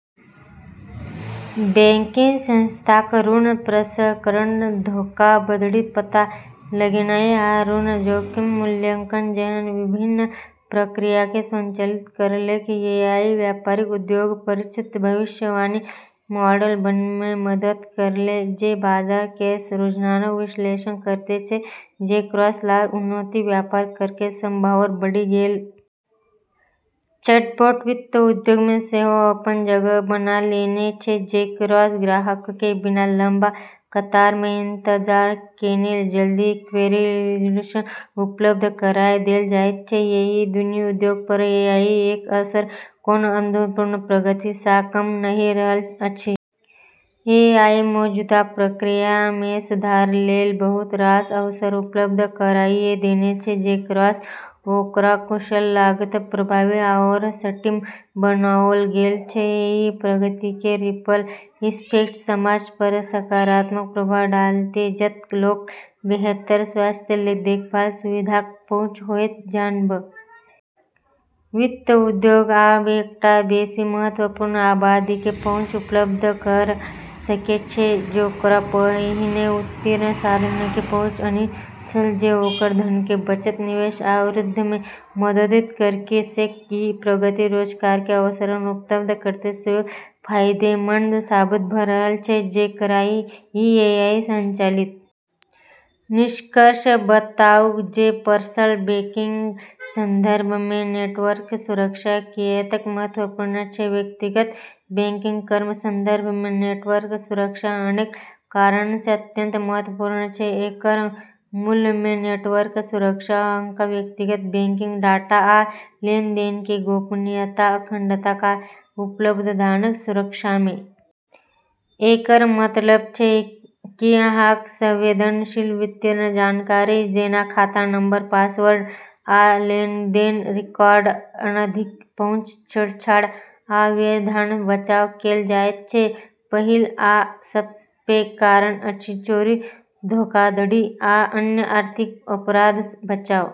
Banking संस्थाक ऋण प्रसंस्करण, धोखाधड़ीकेँ पता लगेनाइ, आ ऋण जोखिम मूल्यांकन जेहन विभिन्न प्रक्रियाके स्वचालित करलकै । एआई व्यापारिक उद्योगकेँ परिष्कृत भविष्यवाणी मॉडल बनबैमे मदति करलकै जे बाजार केर रुझानक विश्लेषण करैत छै, जेकरासँ लाभ-उन्मुख व्यापार करैके संभावना बढ़ि गेल छै। चैटबोट वित्त उद्योगमे सेहो अपन जगह बना लेने छै, जेकरासँ ग्राहकके बिना लम्बा कतारमे इंतजार केने जल्दी क्वेरी रिजोल्यूशन उपलब्ध कराय देलऽ जाइत छै। एहि दूनू उद्योग पर एआई क' असर कोनो अभूतपूर्व प्रगति सँ कम नहि रहल अछि। एआई मौजूदा प्रक्रियामे सुधार लेल बहुत रास अवसर उपलब्ध कराइ देने छै, जेकरासँ ओकरा कुशल, लागत प्रभावी आओर सटीक बनाओल गेल छै। एहि प्रगतिके रिपल इफेक्ट समाज पर सकारात्मक प्रभाव डालतै, जत' लोकऽ बेहतर स्वास्थ्य देखभाल सुविधाक पहुंच होयत, जान बचायत, आ समग्र स्वास्थ्य स्थितिमे सुधार होयत । वित्त उद्योग आब एकटा बेसी महत्वपूर्ण आबादीके पहुँच उपलब्ध करा सकै छै जेकरा पहिने वित्तीय साधनके पहुंच नहि छल जे ओकर धनके बचत, निवेश आ वृद्धिमे मदति करि सकै । ई प्रगति रोजगारके अवसर उत्पन्न करैमे सेहो फाइदेमन्द साबित भ' रहल छै, जेकरामे ई एआई संचालित प्रणालीके कायम राखै लेल जरूरी नया भूमिकाके उदय भ' गेल छै। निष्कर्षतः, बताउ जे पर्सनल बैंकिंगकेँ संदर्भमे नेटवर्क सुरक्षा किएक महत्वपूर्ण छै व्यक्तिगत बैंकिंगकेँ संदर्भमे नेटवर्क सुरक्षा अनेक कारणसँ अत्यंत महत्वपूर्ण छै । एकर मूलमे, नेटवर्क सुरक्षा अहाँक व्यक्तिगत बैंकिंग डाटा आ लेनदेनके गोपनीयता, अखंडता आ उपलब्धताके सुरक्षामे मदद करैत छै । एकर मतलब छै कि अहाँक संवेदनशील वित्तीय जानकारी, जेना खाता नंबर, पासवर्ड, आ लेनदेन रिकॉर्डक अनधिकृत पहुंच, छेड़छाड़ आ व्यवधानसँ बचाव कैल जायत छै । पहिल आ सबसँ पैघ कारण अछि चोरी, धोखाधड़ी आ अन्य आर्थिक अपराधसँ बचाव।